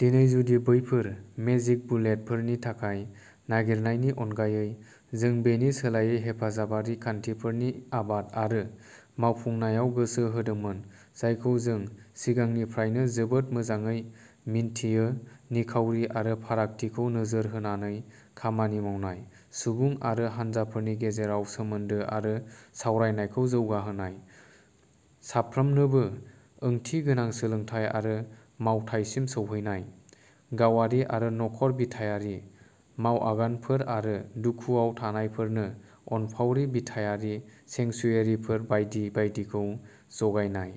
दिनै जुदि बैफोर "मेजिक बुलेट" फोरनि थाखाय नागिरनायनि अनगायै, जों बेनि सोलायै हेफाजाबारि खान्थिफोरनि आबाद आरो मावफुंनायाव गोसो होदोंमोन जायखौ जों सिगांनिफ्रायनो जोबोद मोजाङै मिन्थियो-निखावरि आरो फारागथिखौ नोजोर होनानै खामानि मावनाय, सुबुं आरो हानजाफोरनि गेजेराव सोमोन्दो आरो सावरायनायखौ जौगाहोनाय, साफ्रोमनोबो ओंथिगोनां सोलोंथाय आरो मावथायसिम सौहैनाय, गावारि-आरो नखर-बिथायारि मावआगानफोर आरो दुखुआव थानायफोरनो अनफावरि-बिथायारि सेंक्सुयेरिफोर बायदि बायदिखौ जगायनाय।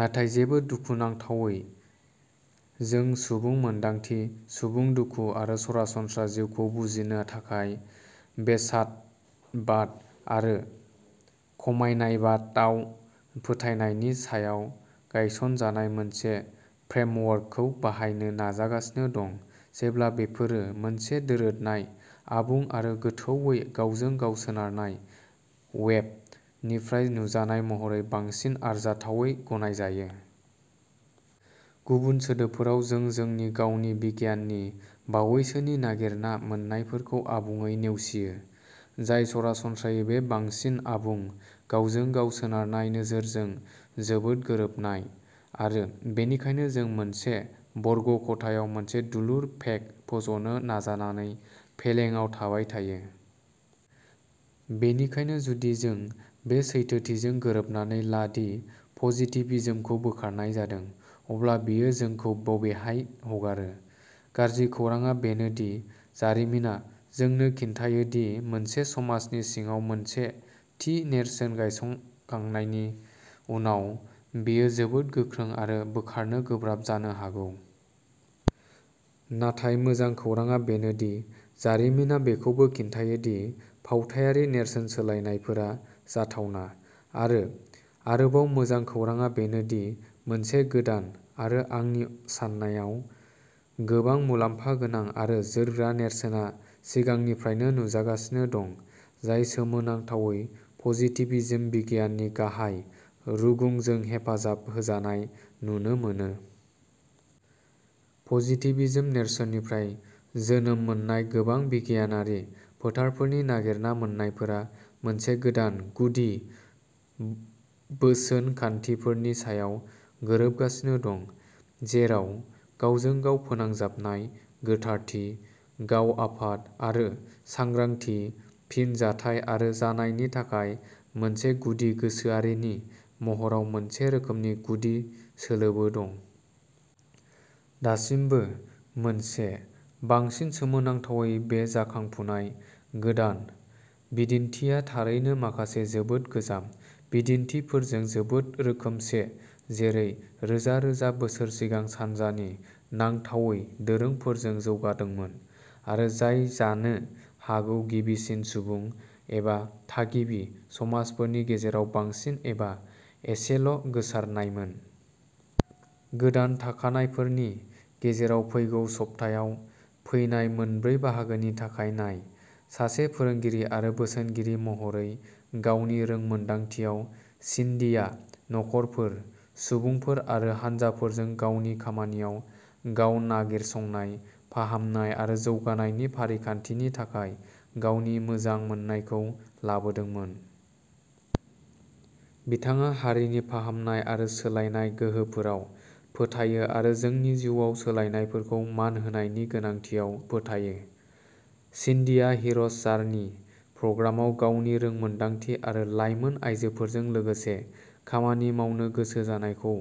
नाथाय जेबो-दुखुनांथावै, जों सुबुं मोन्दांथि, सुबुं दुखु आरो सरासनस्रा जिउखौ बुजिनो थाखाय बेसादबाद आरो खमायनायबादआव फोथायनायनि सायाव गायसनजानाय मोनसे फ्रेमवर्कखौ बाहायनो नाजागासिनो दं, जेब्ला बेफोरो मोनसे दोरोदनाय, आबुं आरो गोथौवै गावजों-गाव सोनारनाय "वेब" निफ्राय नुजानाय महरै बांसिन आरजाथावै गनायजायो। गुबुन सोदोबफोराव, जों जोंनि गावनि बिगियाननि बावैसोनि नागिरना मोन्नायफोरखौ आबुङै नेवसियो, जाय सरासनस्रायै बे बांसिन आबुं, गावजों-गाव सोनारनाय नोजोरजों जोबोद गोरोबनाय, आरो बेनिखायनो जों मोनसे बर्ग ख'थायाव मोनसे दुलुर पेग फज'नो नाजानानै फेलेंआव थाबाय थायो। बेनिखायनो जुदि जों बे सैथोथिजों गोरोबनानै ला दि पजिटिभिज्मखौ बोखारनाय जादों, अब्ला बेयो जोंखौ बबेहाय हगारो? गाज्रि खौरांआ बेनो दि जारिमिना जोंनो खिन्थायो दि मोनसे समाजनि सिङाव मोनसे थि नेरसोन गायसनखांनायनि उनाव, बेयो जोबोद गोख्रों आरो बोखारनो गोब्राब जानो हागौ। नाथाय मोजां खौरांआ बेनो दि जारिमिना बेखौबो खिन्थायो दि फावथायारि नेरसोन सोलायनायफोरा जाथावना। आरो आरोबाव मोजां खौरांआ बेनोदि मोनसे गोदान, आरो आंनि सान्नायाव, गोबां मुलाम्फा गोनां आरो जोरग्रा नेरसोनआ सिगांनिफ्रायनो नुजागासिनो दं, जाय सोमोनांथावै पजिटिभिज्म बिगियाननि गाहाय रुगुंजों हेफाजाब होजानाय नुनो मोनो। पजिटिभिज्म नेरसोननिफ्राय जोनोम मोननाय गोबां बिगियानारि फोथारफोरनि नागिरना मोन्नायफोरा मोनसे गोदान गुदि बोसोनखान्थिफोरनि सायाव गोरोबगासिनो दं, जेराव गावजों-गाव फोनांजाबनाय, गोथारथि, गाव-आफाद, आरो सांग्रांथि, फिनजाथाय आरो जानायनि थाखाय मोनसे गुदि गोसोआरिनि महराव मोनसे रोखोमनि गुदि सोलोबो दं। दासिमबो मोनसे। बांसिन सोमोनांथावै, बे जाखांफुनाय "गोदान" बिदिनथिया थारैनो माखासे जोबोद गोजाम "बिदिनथिफोरजों जोबोद रोखोमसे-जेरै रोजा-रोजा बोसोर सिगां सानजानि नांथावै दोरोंफोरजों जौगादोंमोन, आरो जाय जानो हागौ गिबिसिन सुबुं, एबा थागिबि, समाजफोरनि गेजेराव बांसिन एबा एसेल'गोसारनायमोन। गोदान थाखानायफोरनि गेजेराव फैगौ सप्तायाव फैनाय मोनब्रै बाहागोनि थाखाय नाय! सासे फोरोंगिरि आरो बोसोनगिरि महरै गावनि रोंमोनदांथियाव, सिन्डीआ नखरफोर, सुबुंफोर आरो हानजाफोरजों गावनि खामानियाव गाव-नागिरसंनाय, फाहामनाय आरो जौगानायनि फारिखान्थिनि थाखाय गावनि मोजां मोननायखौ लाबोदोंमोन। बिथाङा हारिनि फाहामनाय आरो सोलायनाय गोहोफोराव फोथायो आरो जोंनि जिउआव सोलायनायफोरखौ मान होनायनि गोनांथियाव फोथायो। सिन्डीआ हिर'ज जार्नि प्रग्रामाव गावनि रोंमोनदांथि आरो लाइमोन आयजोफोरजों लोगोसे खामानि मावनो गोसो जानायखौ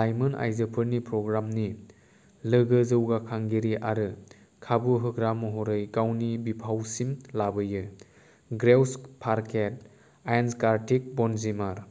लायमोन आयजोफोरनि प्रग्रामनि लोगो-जौगाखांगिरि आरो खाबु होग्रा महरै गावनि बिफावसिम लाबोयो। ग्रेउस पार्केट आइन्जगार्टिग व'नजिमार